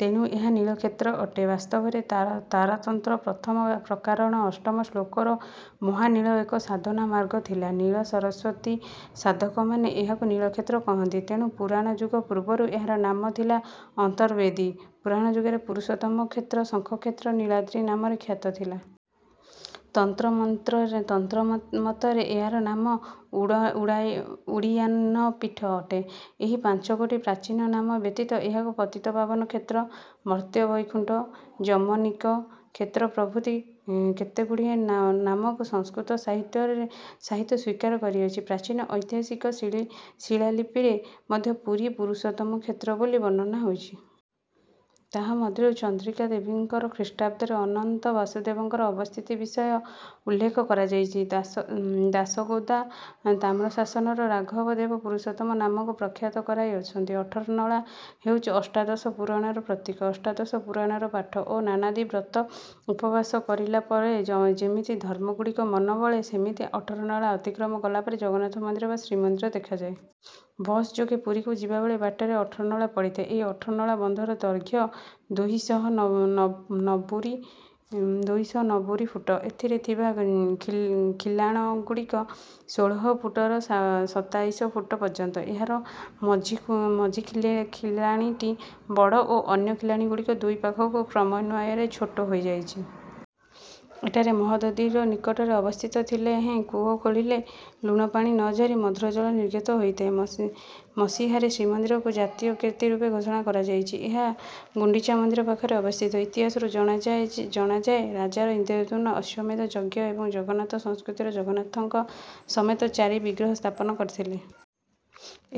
ତେଣୁ ଏହା ନୀଳକ୍ଷେତ୍ର ଅଟେ। ବାସ୍ତବରେ ତାରାତନ୍ତ୍ର ପ୍ରଥମ ପ୍ରକାରଣ ଅଷ୍ଟମ ଶ୍ଲୋକରେ ମହାନୀଳ ଏକ ସାଧନା ମାର୍ଗ ଥିଲା। ନୀଳ ସରସ୍ୱତୀ ସାଧକମାନେ ଏହାକୁ ନୀଳକ୍ଷେତ୍ର କହନ୍ତି। ତେଣୁ ପୁରାଣ ଯୁଗ ପୂର୍ବରୁ ଏହାର ନାମ ଥିଲା ଅନ୍ତର୍ବେଦୀ, ପୁରାଣ ଯୁଗରେ ପୁରୁଷୋତ୍ତମ କ୍ଷେତ୍ର, ଶଙ୍ଖକ୍ଷେତ୍ର, ନୀଳାଦ୍ରି ନାମରେ ଖ୍ୟାତ ଥିଲା। ତନ୍ତ୍ର ମତରେ ଏହାର ନାମ ଉଡ଼ୀୟାନପୀଠ ଅଟେ। ଏହି ପାଞ୍ଚଗୋଟି ପ୍ରାଚୀନ ନାମ ବ୍ୟତୀତ ଏହାକୁ ପତିତପାବନ କ୍ଷେତ୍ର, ମର୍ତ୍ତ୍ୟବୈକୁଣ୍ଠ, ଯମନିକ କ୍ଷେତ୍ର ପ୍ରଭୃତି କେତେଗୁଡ଼ିଏ ନାମକୁ ସଂସ୍କୃତ ସାହିତ୍ୟ ସ୍ୱୀକାର କରିଅଛି। ପ୍ରାଚୀନ ଐତିହାସିକ ଶିଳାଲିପିରେ ମଧ୍ୟ ପୁରୀ ପୁରୁଷୋତ୍ତମ କ୍ଷେତ୍ର ବୋଲି ବର୍ଣ୍ଣିତ ହୋଇଛି। ତାହା ମଧ୍ୟରୁ ଚନ୍ଦ୍ରିକା ଦେବୀଙ୍କର ଖ୍ରୀଷ୍ଟାବ୍ଦରେ ଅନନ୍ତ ବାସୁଦେବଙ୍କ ଅବସ୍ଥିତ ବିଷୟ ଉଲ୍ଲେଖ କରାଯାଉଛି। ଦାଶଗୋଦା ତାମ୍ରଶାସନରେ ରାଘବ ଦେବ ପୁରୁଷୋତ୍ତମ ନାମକୁ ପ୍ରଖ୍ୟାତ କରାଇ ଅଛନ୍ତି। ଅଠରନଳା ହେଉଛି ଅଷ୍ଟାଦଶ ପୁରାଣର ପ୍ରତୀକ। ଅଷ୍ଟାଦଶ ପୁରାଣ ପାଠ ଓ ନାନାଦି ବ୍ରତ ଉପବାସ କରିଲା ପରେ ଯେମିତି ଧର୍ମ ଦିଗକୁ ମନ ବଳେ, ସେମିତି ଅଠରନଳା ଅତିକ୍ରମ କଲା ପରେ ଜଗନ୍ନାଥ ମନ୍ଦିର ବା ଶ୍ରୀମନ୍ଦିର ଦେଖାଯାଏ। ବସ୍ ଯୋଗେ ପୁରୀକୁ ଯିବାବେଳେ ବାଟରେ ଅଠରନଳା ପଡ଼ିଥାଏ। ଏହି ଅଠରନଳା ବନ୍ଧର ଦୈର୍ଘ୍ୟ ଦୁଇ ଶହ ନବୁରୀ ଫୁଟ। ଏଥିରେ ଥିବା ଖିଲାଣଗୁଡ଼ିକ ଷୋହଳ ଫୁଟରୁ ସତାଇଶି ଫୁଟ ପର୍ଯ୍ୟନ୍ତ। ଏହାର ମଝି ଖିଲାଣଟି ବଡ଼ ଓ ଅନ୍ୟ ଖିଲାଣଗୁଡ଼ିକ ଦୁଇ ପାଖକୁ କ୍ରମାନ୍ୱୟରେ ଛୋଟ ହୋଇଯାଇଛି। ଏଠାରେ ମହୋଦଧିର ନିକଟରେ ଅବସ୍ଥିତ ଥିଲେ ହେଁ କୂଅ ଖୋଳିଲେ ଲୁଣପାଣି ନ ଝରି ମଧୁର ଜଳ ନିର୍ଗତ ହୋଇଥାଏ। ମସିହାରେ ଶ୍ରୀମନ୍ଦିରକୁ ଜାତୀୟ କୀର୍ତ୍ତି ରୂପେ ଘୋଷଣା କରାଯାଉଛି। ଏହା ଗୁଣ୍ଡିଚା ମନ୍ଦିର ପାଖରେ ଅବସ୍ଥିତ। ଇତିହାସରୁ ଜଣାଯାଏ ରାଜା ଇନ୍ଦ୍ରଦ୍ୟୁମ୍ନ ଅଶ୍ୱମେଧ ଯଜ୍ଞ ଏବଂ ଜଗନ୍ନାଥ ସଂସ୍କୃତିର ଜଗନ୍ନାଥଙ୍କ ସମେତ ଚାରି ବିଗ୍ରହ ସ୍ଥାପନ କରିଥିଲେ।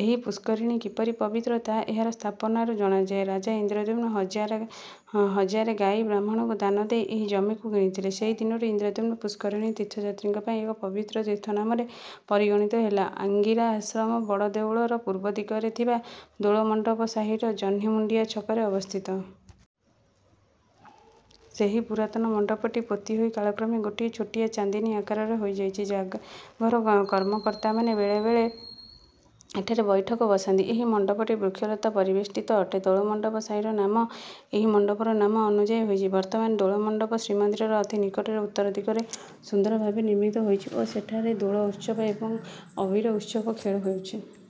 ଏହି ପୁଷ୍କରିଣୀ କିପରି ପବିତ୍ର ତାହା ଏହାର ସ୍ଥାପନାରୁ ଜଣାଯାଏ। ରାଜା ଇନ୍ଦ୍ରଦ୍ୟୁମ୍ନ ହଜାରେ ଗାଈ ବ୍ରାହ୍ମଣଙ୍କୁ ଦାନ ଦେଇ ଏହି ଜମିକୁ କିଣିଥିଲେ। ସେହି ଦିନଠୁ ଇନ୍ଦ୍ରଦ୍ୟୁମ୍ନ ପୁଷ୍କରିଣୀ ତୀର୍ଥଯାତ୍ରୀଙ୍କ ପାଇଁ ଏକ ପବିତ୍ର ତୀର୍ଥ ନାମରେ ପରିଗଣିତ ହେଲା। ଆଙ୍ଗିରା ଆଶ୍ରମ ବଡ଼ଦେଉଳର ପୂର୍ବ ଦିଗରେ ଥିବା ଦୋଳମଣ୍ଡପ ସାହିର ଜହ୍ନିମୁଣ୍ଡିଆ ଛକରେ ଅବସ୍ଥିତ। ସେହି ପୁରାତନ ମଣ୍ଡପଟି ପୋତି ହୋଇ କାଳକ୍ରମେ ଗୋଟିଏ ଛୋଟିଆ ଚାନ୍ଦିନୀ ଆକାରର ହୋଇଯାଇଛି। ଜାଗାଘର କର୍ମକର୍ତ୍ତାମାନେ ବେଳେବେଳେ ଏଠାରେ ବୈଠକ ବସାନ୍ତି। ଏହି ମଣ୍ଡପଟି ବୃକ୍ଷଲତା ପରିବେଷ୍ଟିତ ଅଟେ। ଦୋଳମଣ୍ଡପ ସାହିର ନାମ ଏହି ମଣ୍ଡପର ନାମ ଅନୁଯାୟୀ ହୋଇଛି। ବର୍ତ୍ତମାନ ଦୋଳମଣ୍ଡପ ଶ୍ରୀମନ୍ଦିରର ଅତି ନିକଟରେ ଉତ୍ତର ଦିଗରେ ସୁନ୍ଦର ଭାବେ ନିର୍ମିତ ହୋଇଛି ଓ ସେଠାରେ ଦୋଳ ଉତ୍ସବ ଏବଂ ଅବିର ଉତ୍ସବ ଖେଳ ହେଉଛି।